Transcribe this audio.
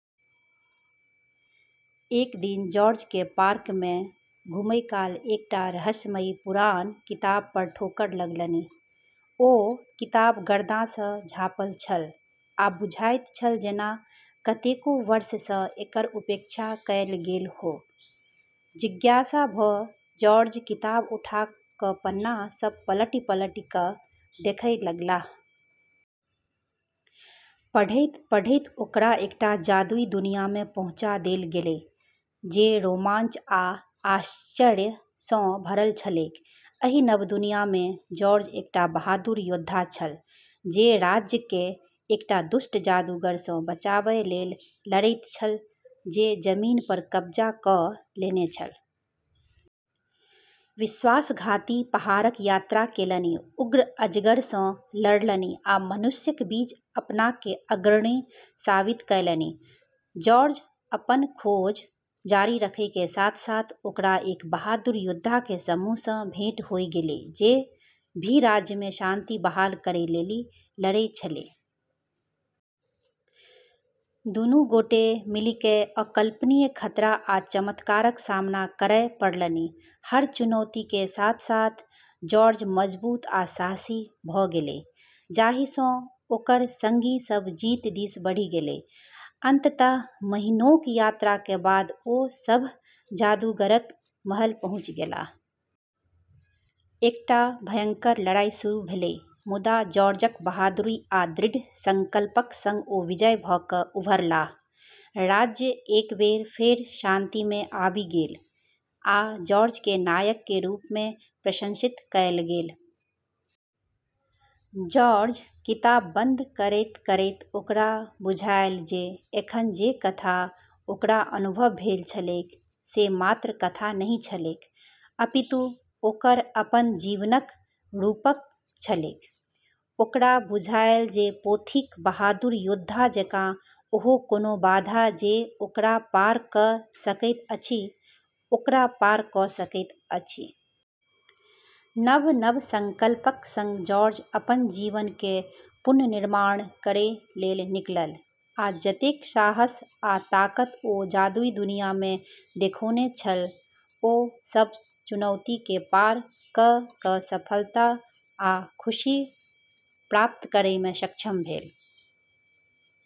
एक दिन जॉर्जकेँ पार्क मे घुमय काल एकटा रहस्यमयी पुरान किताब पर ठोकर लगलनि। ओ किताब गर्दासँ झाँपल छल, आ बुझाइत छल जेना कतेको वर्षसँ एकर उपेक्षा कयल गेल हो। जिज्ञासा भ' जॉर्ज किताब उठा क' पन्ना सभ पलटि-पलटि क' देखय लगलाह। पढ़ैत-पढ़ैत ओकरा एकटा जादुई दुनिया में पहुँचा देल गेलै, जे रोमांच आ आश्चर्य सँ भरल छलैक। एहि नव दुनिया में जॉर्ज एकटा बहादुर योद्धा छल, जे राज्य केँ एकटा दुष्ट जादूगर सँ बचाबय लेल लड़ैत छल जे जमीन पर कब्जा क' लेने छल। विश्वासघाती पहाड़क यात्रा केलनि, उग्र अजगर सँ लड़लनि आ मनुष्यक बीच अपना केँ अग्रणी साबित कयलनि। जॉर्ज अपनऽ खोज जारी रखै के साथ-साथ ओकरा एक बहादुर योद्धा के समूह सँ भेंट होय गेलै जे भी राज्य में शांति बहाल करै लेली लड़ै छेलै। दुनू गोटे मिलिकय अकल्पनीय खतरा आ चमत्कारक सामना करय पड़लनि। हर चुनौती के साथ-साथ जॉर्ज मजबूत आ साहसी भ' गेलै, जाहिसँ ओकर संगी सभ जीत दिस बढ़ि गेलै। अंततः महीनोक यात्राक बाद ओ सभ जादूगरक महल पहुँचि गेलाह। एकटा भयंकर लड़ाई शुरू भेलै, मुदा जॉर्जक बहादुरी आ दृढ़ संकल्पक संग ओ विजयी भ' क' उभरलाह। राज्य एक बेर फेर शांति में आबि गेल, आ जॉर्ज के नायक के रूप में प्रशंसित कयल गेल। जॉर्ज किताब बंद करैत-करैत ओकरा बुझायल जे एखन जे कथा ओकरा अनुभव भेल छलैक से मात्र कथा नहि छलैक, अपितु ओकर अपन जीवनक रूपक छलैक। ओकरा बुझायल जे पोथीक बहादुर योद्धा जकाँ ओहो कोनो बाधा जे ओकरा पार क' सकैत अछि, ओकरा पार क' सकैत अछि। नव-नव संकल्पक संग जॉर्ज अपन जीवन के पुनर्निर्माण करै लेल निकलल, आ जतेक साहस आ ताकत ओ जादुई दुनिया में देखउने छल, ओ सब चुनौती के पार क' क' सफलता आ खुशी प्राप्त करयमे सक्षम भेल।